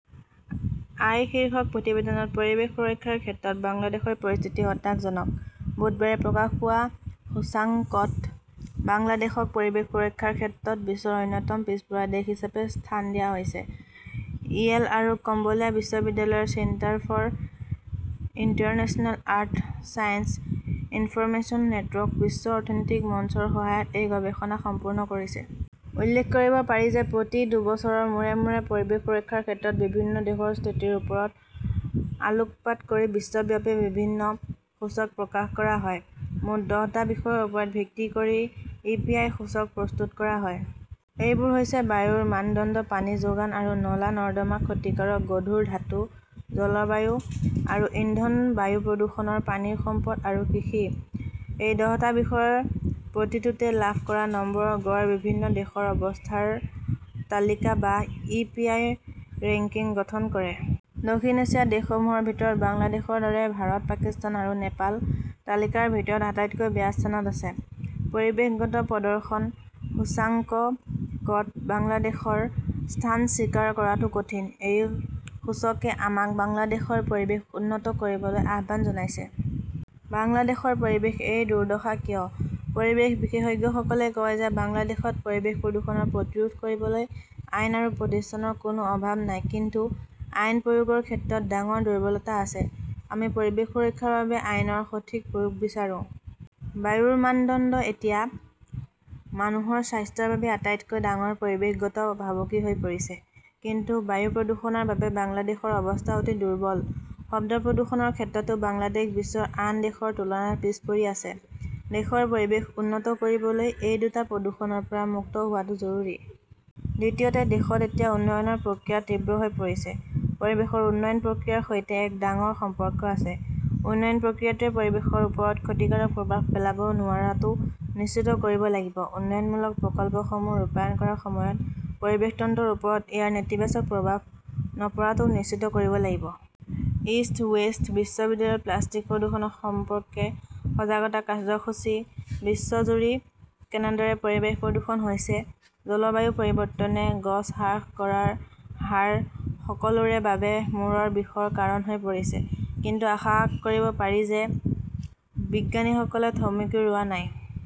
আই শীৰ্ষক প্ৰতিবেদনত পৰিৱেশ সুৰক্ষাৰ ক্ষেত্ৰত বাংলাদেশৰ পৰিস্থিতি হতাশাজনক। বুধবাৰে প্ৰকাশ পোৱা সূচাংকত বাংলাদেশক পৰিৱেশ সুৰক্ষাৰ ক্ষেত্ৰত বিশ্বৰ অন্যতম পিছপৰা দেশ হিচাপে স্থান দিয়া হৈছে। ইয়েল আৰু কলম্বিয়া বিশ্ববিদ্যালয়ৰ centre for international earth science information নেটৱৰ্কে বিশ্ব অৰ্থনৈতিক মঞ্চৰ সহায়ত এই গৱেষণা সম্পূৰ্ণ কৰিছে। উল্লেখ কৰিব পাৰি যে প্ৰতি দুবছৰৰ মূৰে মূৰে পৰিৱেশ সুৰক্ষাৰ ক্ষেত্ৰত বিভিন্ন দেশৰ স্থিতিৰ ওপৰত আলোকপাত কৰি বিশ্বব্যাপী বিভিন্ন সূচক প্ৰকাশ কৰা হয়। মুঠ দহটা বিষয়ৰ ওপৰত ভিত্তি কৰি ই পি আই সূচক প্ৰস্তুত কৰা হয়। এইবোৰ হৈছে বায়ুৰ মানদণ্ড পানী যোগান আৰু নলা নৰ্দমা ক্ষতিকাৰক গধুৰ ধাতু জলবায়ু আৰু ইন্ধন বায়ু প্ৰদূষণ পানীৰ সম্পদ আৰু কৃষি। এই দহটা বিষয়ৰ প্ৰতিটোতে লাভ কৰা নম্বৰৰ গড় বিভিন্ন দেশৰ অৱস্থানৰ তালিকা বা ই পি আই ৰেংকিং গঠন কৰে। দক্ষিণ এছিয়াৰ দেশসমূহৰ ভিতৰত বাংলাদেশৰ দৰে ভাৰত পাকিস্তান আৰু নেপাল তালিকাৰ ভিতৰত আটাইতকৈ বেয়া স্থানত আছে। পৰিৱেশগত প্ৰদৰ্শন সূচাংকত বাংলাদেশৰ স্থান স্বীকাৰ কৰাটো কঠিন। এই সূচকে আমাক বাংলাদেশৰ পৰিৱেশ উন্নত কৰিবলৈ আহ্বান জনাইছে। বাংলাদেশৰ পৰিৱেশৰ এই দুৰ্দশা কিয়? পৰিৱেশ বিশেষজ্ঞসকলে কয় যে বাংলাদেশত পৰিৱেশ প্ৰদূষণ প্ৰতিৰোধ কৰিবলৈ আইন আৰু প্ৰতিষ্ঠানৰ কোনো অভাৱ নাই কিন্তু আইন প্ৰয়োগৰ ক্ষেত্ৰত ডাঙৰ দুৰ্বলতা আছে। আমি পৰিৱেশ সুৰক্ষাৰ বাবে আইনৰ সঠিক প্ৰয়োগ বিচাৰো। বায়ুৰ মানদণ্ড এতিয়া মানুহৰ স্বাস্থ্যৰ বাবে আটাইতকৈ ডাঙৰ পৰিৱেশগত ভাবুকি হৈ পৰিছে। কিন্তু বায়ু প্ৰদূষণৰ বাবে বাংলাদেশৰ অৱস্থা অতি দুৰ্বল। শব্দ প্ৰদূষণৰ ক্ষেত্ৰতো বাংলাদেশ বিশ্বৰ আন দেশৰ তুলনাত পিছ পৰি আছে। দেশৰ পৰিৱেশ উন্নত কৰিবলৈ এই দুটা প্ৰদূষণৰ পৰা মুক্ত হোৱাটো জৰুৰী। দ্বিতীয়তে দেশত এতিয়া উন্নয়নৰ প্ৰক্ৰিয়া তীব্ৰ হৈ পৰিছে। পৰিৱেশৰ উন্নয়ন প্ৰক্ৰিয়াৰ সৈতে এক ডাঙৰ সম্পৰ্ক আছে। উন্নয়ন প্ৰক্ৰিয়াটোৱে পৰিৱেশৰ ওপৰত ক্ষতিকাৰক প্ৰভাৱ পেলাব নোৱাৰাটো নিশ্চিত কৰিব লাগিব। উন্নয়নমূলক প্ৰকল্পসমূহ ৰূপায়ণ কৰাৰ সময়ত পৰিৱেশ তন্ত্ৰৰ ওপৰত ইয়াৰ নেতিবাচক প্ৰভাৱ নপৰাটোও নিশ্চিত কৰিব লাগিব। ইষ্ট ৱেষ্ট বিশ্ববিদ্যালয়ত প্লাষ্টিক প্ৰদূষণ সম্পৰ্কে সজাগতা কাৰ্যসূচী বিশ্বজুৰি কেনেদৰে পৰিৱেশ প্ৰদূষণ হৈছে জলবায়ু পৰিৱৰ্তনে গছ হ্ৰাস কৰাৰ হাৰ সকলোৰে বাবে মূৰৰ বিষৰ কাৰণ হৈ পৰিছে। কিন্তু আশা কৰিব পাৰি যে বিজ্ঞানীসকলে থমকি ৰোৱা নাই।